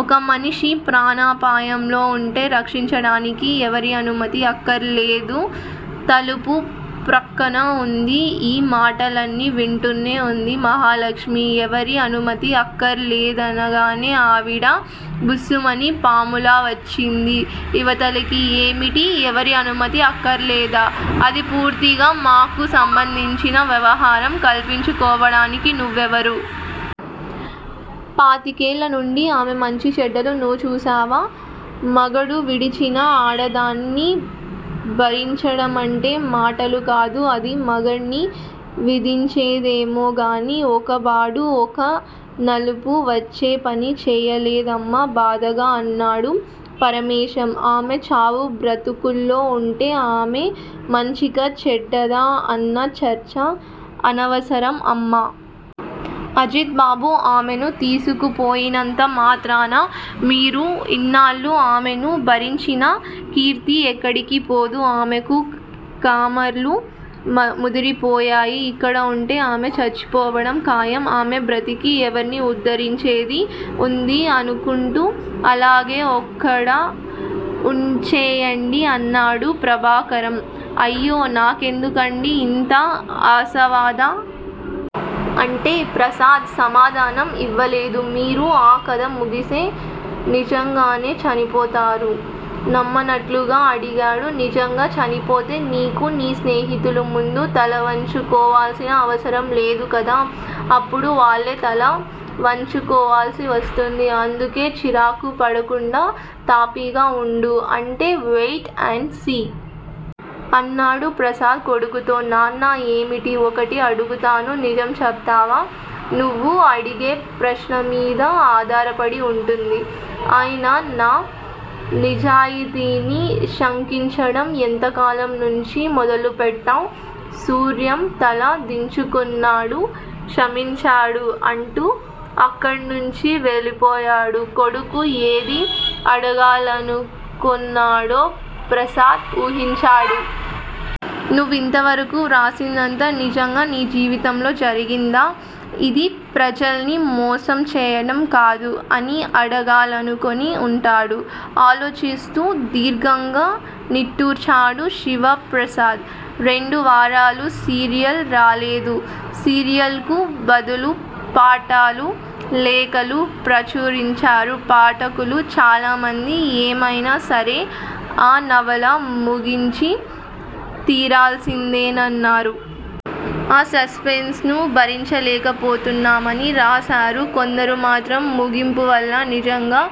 ఒక మనిషి ప్రాణాపాయంలో ఉంటే రక్షించడానికి ఎవరి అనుమతి అక్కరలేదు! తలుపు ప్రక్కన ఉంది ఈ మాటలన్నీ వింటూనే ఉంది మహాలక్ష్మి. ఎవరి అనుమతి అక్కరలేదనగానే ఆవిడ బుస్సుమన్న పాములా వచ్చింది ఇవతలకి. ఏమిటి? ఎవరి అనుమతి అక్కరలేదా? అది పూర్తిగా మాకు సంబందించిన వ్యవహారం! కల్పించుకోడానికి నువ్వెవరు? పాతికేళ్ళ నుండి ఆమె మంచి చెడ్డలు నువ్వు చూశావా? మగడు విడిచిన ఆడదాన్ని భరించడమంటే మాటలుకాదు! అది మగడిని విదిచిందేమో గాని ఒక్కబాడూ ఒక్క నలుపు వచ్చేపని చేయలేదమ్మ! బాధగా అన్నాడు పరమేశం. ఆమె చావు బ్రతుకుల్లో ఉంటే, ఆమె మంచికా చెడ్డదా అన్న చర్చ అనవసరం, అమ్మ! అజిత్ బాబు ఆమెను తీసుకుపోయినంత మాత్రాన మీరు ఇన్నాళ్ళు ఆమెను భరించిన కీర్తి ఎక్కడికి పోదు. ఆమెకు కామెర్లు ముదిరిపోయాయి. ఇక్కడ ఉంటే ఆమె చచ్చిపోవడం ఖయం! ఆమె బ్రతికి ఎవరిని ఉద్ధరించేది ఉంది అనుకొంటే అలాగే ఒ క్కడ ఉంచేయండి! అన్నాడు ప్రభాకరం. అయ్యో! నాకేందుకండి ఇంత అసవాద? అంటే? ప్రసాద్ సమాధానం ఇవ్వలేదు. మీరు ఆ కథ ముగిస్తే నిజంగానే చనిపోతారా? నమ్మనట్టుగా అడిగాడు. నిజంగా చనిపోతే నీకు నీ స్నేహితుల ముందు తలవంచుకోవల్సిన అవసరంలేదు కదా? అప్పుడు వాళ్లే తల వంచుకోవల్సి వస్తుంది. అందుకే చిరాకుపడకుండా తాపీగా ఉండు. అంటే? Wait and see! అన్నాడు ప్రసాద్ కొడుకుతో. నాన్నా! ఏమిటి? ఒకటి అడుగుతాను, నిజం చెబుతావా? నువ్వు అడిగే ప్రశ్నమీద ఆధారపడి ఉంటుంది. అయినా, నా నిజాయితీని శంకించడం ఎంతకాలం నుంచి మొదలుపెట్టావ్? సూర్యం తల దించుకొన్నాడు. క్షమించాడు! అంటూ అక్కడ్నుంచి వెళ్ళిపోయాడు. కొడుకు ఏది అడగాలనుకొన్నాడో ప్రసాద్ ఊహించాడు. 'నువ్వు ఇంతవరకు వ్రాసిందంతా నిజంగా నీ జీవితంలో జరిగిందా? ఇది ప్రజల్ని మోసం చెయ్యడం కాదూ? ' అని అడగాలనుకొని ఉంటాడు. ఆలోచిస్తూ దీర్ఘంగా నిట్టూర్చాడు శివప్రసాద్. రెండు వారాలు సీరియల్ రాలేదు. సీరియల్ కు బదులుగా పాఠలు లేఖలు ప్రచురించారు. పాఠకులు చాలా మండి ఏమైనా సరే ఆ నవల ముగించి తీరాల్సిందేనన్నారు. ఆ సస్పెన్సు భరించలేకపోతున్నామని రాశారు. కొందరు మాత్రం ముగింపువల్ల నిజంగా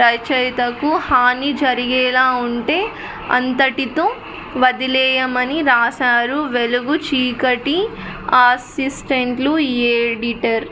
రచయితకు హాని జరిగేలా వుంటే అంతటితో వదిలెయ్యమని రాశారు. వెలుగు-చీకటి అసిస్టెంటు ఎడిటర్